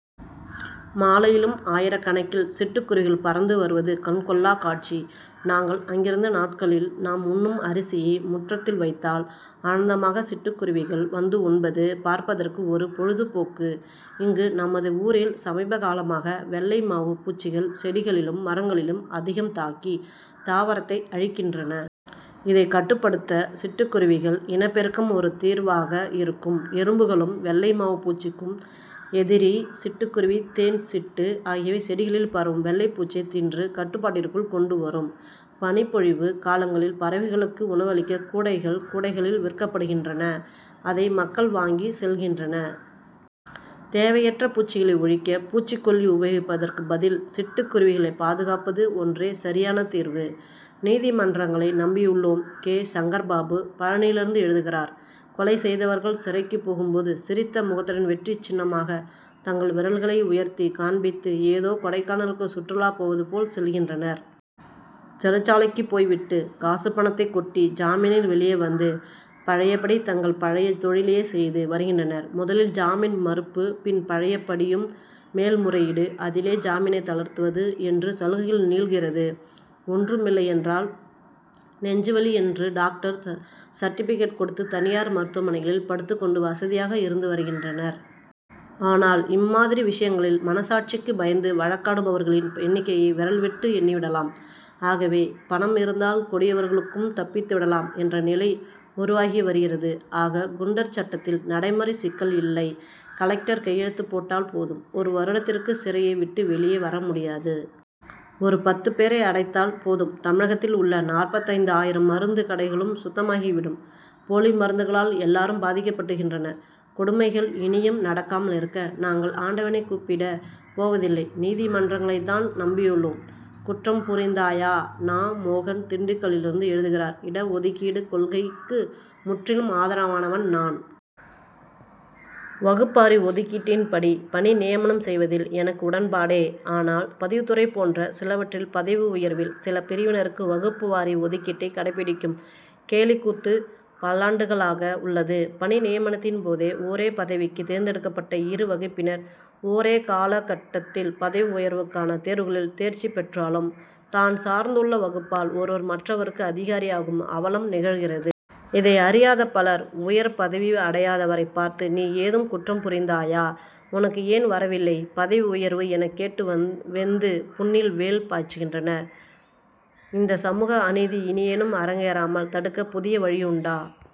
மாலையிலும் ஆயிரக்கணக்கில் சிட்டுக்குருவிகள் பறந்து வருவது கண் கொள்ளா காட்சி. நாங்கள் அங்கிருந்த நாட்களில் நாம் உண்ணும் அரிசியை முற்றத்தில் வைத்தால் ஆனந்தமாக சிட்டுக் குருவிகள் வந்து உண்பது பார்ப்பதற்கு ஒரு பொழுதுபோக்கு. இங்கு நமது ஊரில் சமீப காலமாக வெள்ளை மாவு பூச்சிகள் செடிகளிலும் மரங்களிலும் அதிகம் தாக்கி தாவரத்தை அழிக்கின்றன. இதை கட்டுப்படுத்த சிட்டுக்குருவிகள் இனப்பெருக்கம் ஒரு தீர்வாக இருக்கும். எறும்புகளும் வெள்ளை மாவு பூச்சிக்கு எதிரி. சிட்டுக்குருவி தேன் சிட்டு ஆகியவை செடிகளில் பரவும் வெள்ளை பூச்சியை தின்று கட்டுப்பாட்டிற்குள் கொண்டு வரும். பனிப்பொழிவு காலங்களில் பறவைகளுக்கு உணவளிக்க கூடைகள் கூடைகளில் விற்கப்படுகின்றன. அதை மக்கள் வாங்கி செல்கின்றனர். தேவையற்ற பூச்சிகளை ஒழிக்க பூச்சிக்கொல்லி உபயோகிப்பதற்கு பதில் சிட்டுக் குருவிகளை பாதுகாப்பது ஒன்றே சரியான தீர்வு. நீதிமன்றங்களை நம்பியுள்ளோம்! கே. சங்கர்பாபு பழனியிலிருந்து எழுதுகிறார் கொலை செய்தவர்கள் சிறைக்கு போகும் போது, சிரித்த முகத்துடன் வெற்றிச் சின்னமாக தங்கள் விரல்களை உயர்த்தி காண்பித்து ஏதோ கொடைக்கானலுக்கு சுற்றுலா போவது போல் செல்கின்றனர். சிறைச்சாலைக்கு போய்விட்டு காசு பணத்தை கொட்டி ஜாமீனில் வெளியே வந்து பழைய படி தங்கள் பழைய தொழிலையே செய்து வருகின்றனர். முதலில் ஜாமீன் மறுப்பு பின் பழைய படியும் மேல்முறையீடு. அதிலே ஜாமீனை தளர்த்துவது என்று சலுகைகள் நீள்கிறது. ஒன்றுமில்லையென்றால் நெஞ்சுவலி என்று டாக்டர் சர்டிபிகேட் கொடுத்து தனியார் மருத்துவமனைகளில் படுத்துக் கொண்டு வசதியாக இருந்து வருகின்றனர். ஆனால் இம்மாதிரி விஷயங்களில் மன சாட்சிக்கு பயந்து வழக்காடுபவர்களின் எண்ணிக்கையை விரல் விட்டு எண்ணிவிடலாம். ஆகவே பணம் இருந்தால் கொடியவர்களும் தப்பித்து விடலாம் என்ற நிலை உருவாகி வருகிறது. ஆக குண்டர் சட்டத்தில் நடைமுறை சிக்கல் இல்லை. கலெக்டர் கையெழுத்து போட்டால் போதும் ஒரு வருடத்திற்கு சிறையை விட்டு வெளியே வர முடியாது. ஒரு பத்து பேரை அடைத்தால் போதும் தமிழகத்தில் உள்ள நாற்பத்தைந்து ஆயிரம் மருந்து கடைகளும் சுத்தமாகிவிடும். போலி மருந்துகளால் எல்லாரும் பாதிக்கப்பட்டிருக்கின்றனர். கொடுமைகள் இனியும் நடக்காமல் இருக்க நாங்கள் ஆண்டவனை கூப்பிடப் போவதில்லை. நீதிமன்றங்களை தான் நம்பியுள்ளோம். குற்றம்புரிந்தாயா? நா. மோகன் திண்டுக்கலிலிருந்து எழுதுகிறார் இடஒதுக்கீடுக் கொள்கைக்கு முற்றிலும் ஆதரவானவன் நான். வகுப்பு வாரி ஒதுக்கீட்டின் படி பணி நியமனம் செய்வதில் எனக்கு உடன்பாடே. ஆனால் பதிவுத்துறை போன்ற சிலவற்றில் பதவி உயர்வில் சில பிரிவினருக்கு வகுப்பு வாரி ஒதுக்கீட்டைக் கடைபிடிக்கும் கேலிக் கூத்து பல்லாண்டுகளாக உள்ளது. பணி நியமனத்தின் போது ஒரே பதவிக்குத் தேர்ந்தெடுக்கப்பட்ட இரு வகுப்பினர் ஒரே கால கட் டத்தில் பதவி உயர்வுக்கான தேர்வுகளில் தேர்ச்சி பெற்றாலும் தான் சார்ந்துள்ள வகுப்பால் ஒருவர் மற்றவருக்கு அதிகாரியாகும் அவலம் நிகழ்கிறது. இதை அறியாத பலர் உயர் பதவி அடையாதவரைப் பார்த்து நீ ஏதும் குற்றம் புரிந்தாயா? உனக்கு ஏன் வரவில்லை பதவி உயர்வு? எனக் கேட்டு வெந்து புண்ணில் வேல் பாய்ச்சுகின்றனர். இந்தச் சமூக அநீதி இனியேனும் அரங்கேறாமல் தடுக்க புதிய வழியுண்டா?